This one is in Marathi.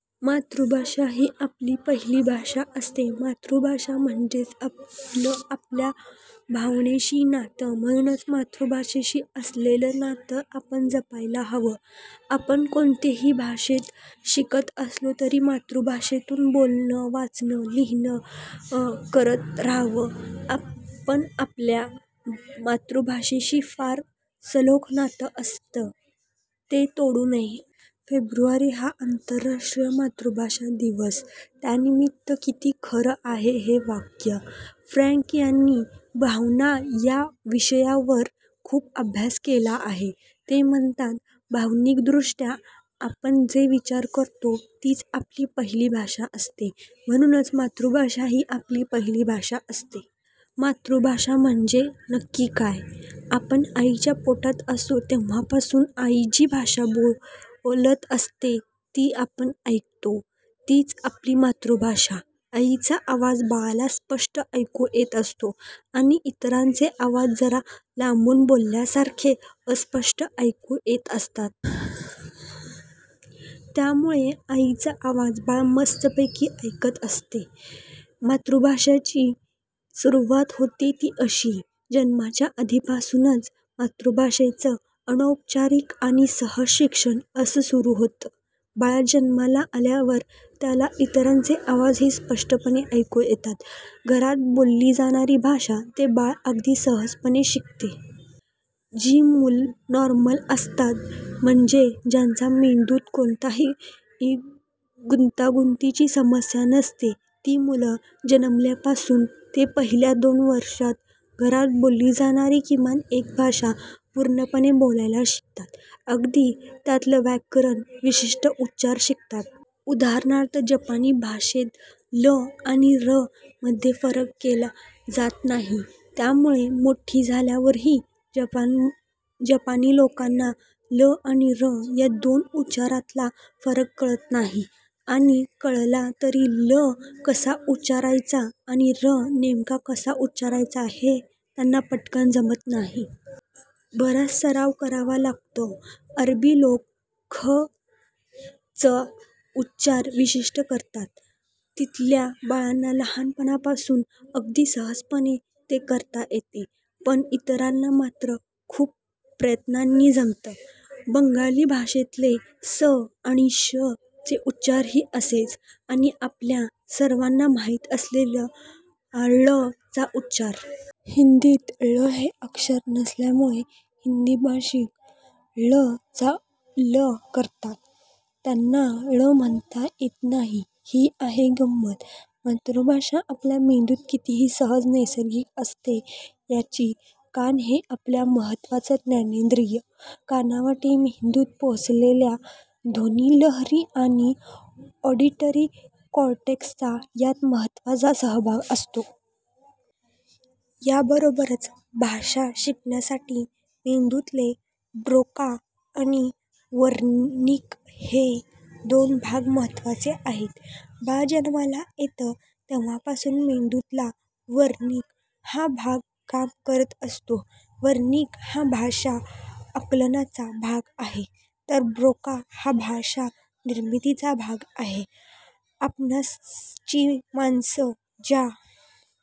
मातृभाषा ही आपली पहिली भाषा असते. मातृभाषा म्हणजेच आपलं आपल्या भावनांशी नातं; म्हणूनच मातृभाषेशी असलेलं नातं आपण जपायला हवं. आपण कोणत्याही भाषेत शिकत असलो, तरी मातृभाषेतून बोलणं, वाचणं, लिहिणं करत राहावं. आपलं आपल्या मातृभाषेशी फार सखोल नातं असतं; ते तोडू नये. फेब्रुवारी हा आंतरराष्ट्रीय मातृभाषा दिवस, त्यानिमित्त- किती खरं आहे हे वाक्य. फ्रॅंक यांनी 'भावना' या विषयावर खूप अभ्यास केला आहे. ते म्हणतात, भावनिकदृष्ट्या आपण जे विचार करतो, तीच आपली पहिली भाषा असते. म्हणूनच मातृभाषा ही आपली पहिली भाषा असते. मातृभाषा म्हणजे नक्की काय? आपण आईच्या पोटात असतो तेव्हापासून आई जी भाषा बोलत असते, ती आपण ऐकतो. तीच आपली मातृभाषा. आईचा आवाज बाळाला स्पष्ट ऐकू येत असतो आणि इतरांचे आवाज जरा लांबून बोलल्यासारखे, अस्पष्ट ऐकू येत असतात. त्यामुळे आईचा आवाज बाळ मस्तपैकी ऐकत असते. मातृभाषेची सुरुवात होते ती अशी, जन्माच्या आधीपासूनच! मातृभाषेचं अनौपचारिक आणि सहज शिक्षण असं सुरू होतं. बाळ जन्माला आल्यावर त्याला इतरांचे आवाजही स्पष्टपणे ऐकू येतात. घरात बोलली जाणारी भाषा ते बाळ अगदी सहजपणे शिकतं. जी मुलं नॉर्मल असतात, म्हणजे ज्यांच्या मेंदूत कोणतीही गुंतागुंतीची समस्या नसते, ती मुलं जन्मल्यापासून ते पहिल्या दोन वर्षांत, घरात बोलली जाणारी किमान एक भाषा पूर्णपणे बोलायला शिकतात. अगदी त्यातलं व्याकरण, विशिष्ट उच्चार शिकतात. उदा. जपानी भाषेत 'ल' आणि 'र' मध्ये फरक केला जात नाही. त्यामुळे मोठं झाल्यावरही जपानी लोकांना 'ल' आणि 'र' या दोन उच्चारांतला फरक कळत नाही. आणि कळला तरी 'ल' कसा उच्चारायचा आणि 'र' नेमका कसा उच्चारायचा, हे त्यांना पटकन जमत नाही. बराच सराव करावा लागतो. अरबी लोक 'ख'चं उच्चारण विशिष्ट करतात. तिथल्या बाळांना लहानपणापासून अगदी सहजपणे ते करता येतं. पण इतरांना मात्र खूप प्रयत्नांनी जमतं. बंगाली भाषेतले 'स' आणि 'श'चे उच्चारही असेच. आणि आपल्या सर्वांना माहीत असलेला 'ळ'चा उच्चार. हिंदीत 'ळ' हे अक्षर नसल्यामुळे हिंदी भाषिक 'ळ' चा 'ल' करतात. त्यांना 'ळ' म्हणता येत नाही. ही आहे गंमत, मातृभाषा आपल्या मेंदूत किती सहज, नैसर्गिक असते, याची! कान हे आपलं महत्त्वाचं ज्ञानेंद्रिय. कानांवाटे मेंदूत पोचलेल्या ध्वनिलहरी आणि ऑडिटरी कॉर्टेक्सचा यात महत्त्वाचा सहभाग असतो. याबरोबरच भाषा शिकण्यासाठी मेंदूतले 'ब्रोका' आणि 'वर्निक' हे दोन भाग महत्त्वाचे आहेत. बाळ जन्माला येतं तेव्हापासून मेंदूतला 'वर्निक' हा भाग काम करत असतो. 'वर्निक' हा भाषा-आकलनाचा भाग आहे; तर 'ब्रोका' हा भाषा- निर्मितीचा भाग आहे. आसपासची माणसं ज्या